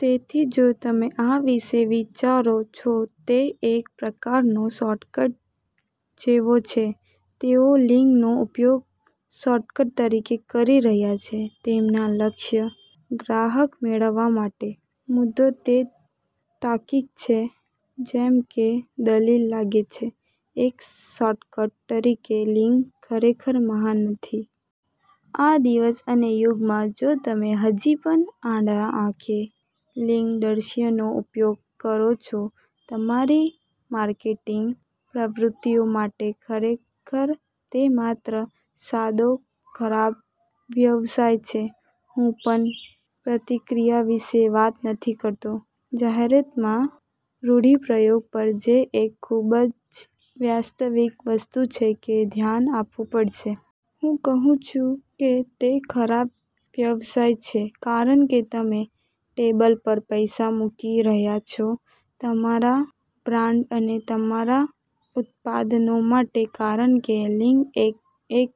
તેથી જો તમે આ વિશે વિચારો છો તે એક પ્રકારનો શોર્ટકટ જેવો છે. તેઓ લિંગનો ઉપયોગ શોર્ટકટ તરીકે કરી રહ્યાં છે, તેમના લક્ષ્ય ગ્રાહક મેળવવા માટે. મુદ્દો તે તાર્કિક છે જેમ કે દલીલ લાગે છે, એક શોર્ટકટ તરીકે લિંગ ખરેખર મહાન નથી. આ દિવસ અને યુગમાં, જો તમે હજી પણ આંધળા આંખે લિંગ દૃશ્યનો ઉપયોગ કરો છો તમારી માર્કેટિંગ પ્રવૃત્તિઓ માટે, ખરેખર તે માત્ર સાદો ખરાબ વ્યવસાય છે. હું પણ પ્રતિક્રિયા વિશે વાત નથી કરતો. જાહેરાતમાં રૂઢિપ્રયોગ પર, જે એક ખૂબ જ વાસ્તવિક વસ્તુ છે કે ધ્યાન આપવું પડશે. હું કહું છું કે તે ખરાબ વ્યવસાય છે, કારણ કે તમે ટેબલ પર પૈસા મૂકી રહ્યા છો તમારા બ્રાન્ડ અને તમારા ઉત્પાદનો માટે, કારણ કે લિંગ એ એક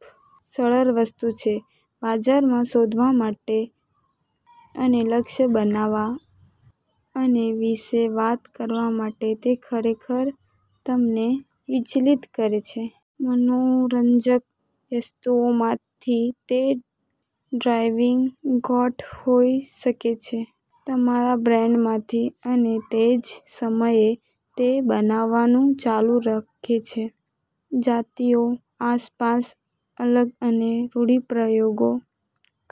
સરળ વસ્તુ છે. બજારમાં શોધવા માટે અને લક્ષ્ય બનાવવા અને વિશે વાત કરવા માટે તે ખરેખર તમને વિચલિત કરે છે. મનોરંજક વસ્તુઓમાંથી તે ડ્રાઇવિંગ ગ્રોથ હોઈ શકે છે, તમારા બ્રાન્ડ માંથી અને તે જ સમયે, તે બનાવવાનું ચાલુ રાખે છે .જાતિઓ આસપાસ અલગ અને રૂઢિપ્રયોગો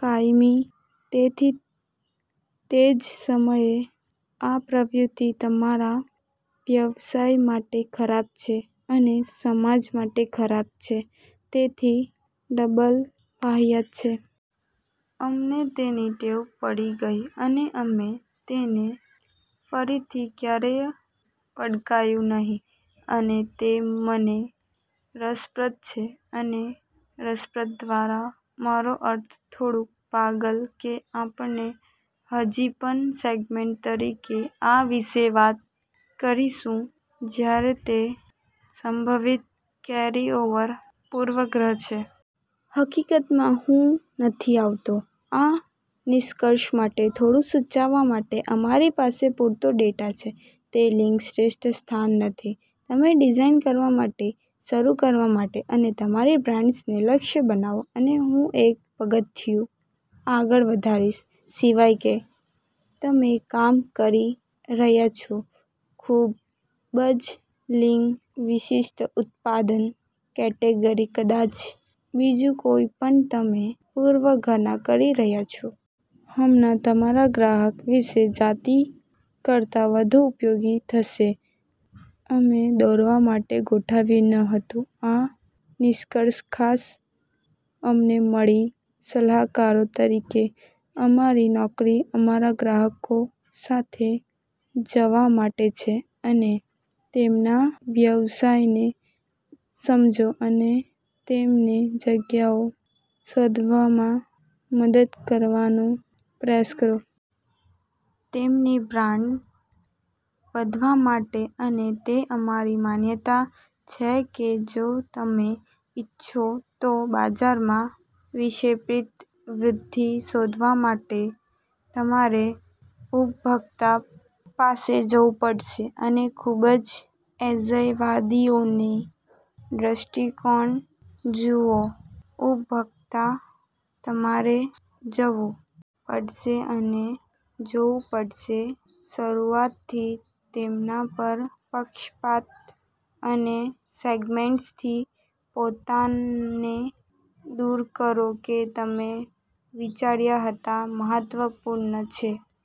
કાયમી, તેથી તે જ સમયે આ પ્રવૃત્તિ તમારા વ્યવસાય માટે ખરાબ છે અને સમાજ માટે ખરાબ છે, તેથી ડબલ વાહિયાત છે. અમને તેની ટેવ પડી ગઈ અને અમે તેને ફરીથી ક્યારેય પડકાર્યું નહીં અને તે મને રસપ્રદ છે અને રસપ્રદ દ્વારા મારો અર્થ થોડું પાગલ કે આપણે હજી પણ સેગમેન્ટ તરીકે આ વિશે વાત કરીશું, જ્યારે તે સંભવિત કેરીઓવર પૂર્વગ્રહ છે. હકીકતમાં હું નથી આવતો આ નિષ્કર્ષ માટે થોડું સૂચાવા માટે અમારી પાસે પૂરતો ડેટા છે, તે લિંગ શ્રેષ્ઠ સ્થાન નથી. તમે ડિઝાઇન કરવા માટે શરૂ કરવા માટે અને તમારી બ્રાન્ડ્સને લક્ષ્ય બનાવો અને હું એક પગથિયું આગળ વધારીશ, સિવાય કે તમે કામ કરી રહ્યા છો ખૂબ જ લિંગ-વિશિષ્ટ ઉત્પાદન કેટેગરી, કદાચ બીજું કોઈપણ તમે પૂર્વકલા કરી રહ્યા છો. હમણાં તમારા ગ્રાહક વિશે જાતિ કરતાં વધુ ઉપયોગી થશે. અમે દોરવા માટે ગોઠવ્યું ન હતું. આ નિષ્કર્ષ ખાસ અમને મળી સલાહકારો તરીકે, અમારી નોકરી અમારા ગ્રાહકો સાથે જવા માટે છે અને તેમના વ્યવસાયને સમજો અને તેમને જગ્યાઓ શોધવામાં મદદ કરવાનો પ્રયાસ કરો. તેમની બ્રાન્ડ વધવા માટે અને તે અમારી માન્યતા છે કે જો તમે ઇચ્છો તો બજારમાં વિક્ષેપિત વૃદ્ધિ શોધવા માટે, તમારે ઉપભોક્તા પાસે જવું પડશે અને ખૂબ જ અજ્ઞેયવાદીઓનો દૃષ્ટિકોણ જુઓ ઉપભોક્તા. તમારે જવું પડશે અને જોવું પડશે શરૂઆતથી તેમના પર પક્ષપાત અને સેગમેન્ટ્સથી પોતાને દૂર કરો કે તમે વિચાર્યા હતા મહત્વપૂર્ણ છે,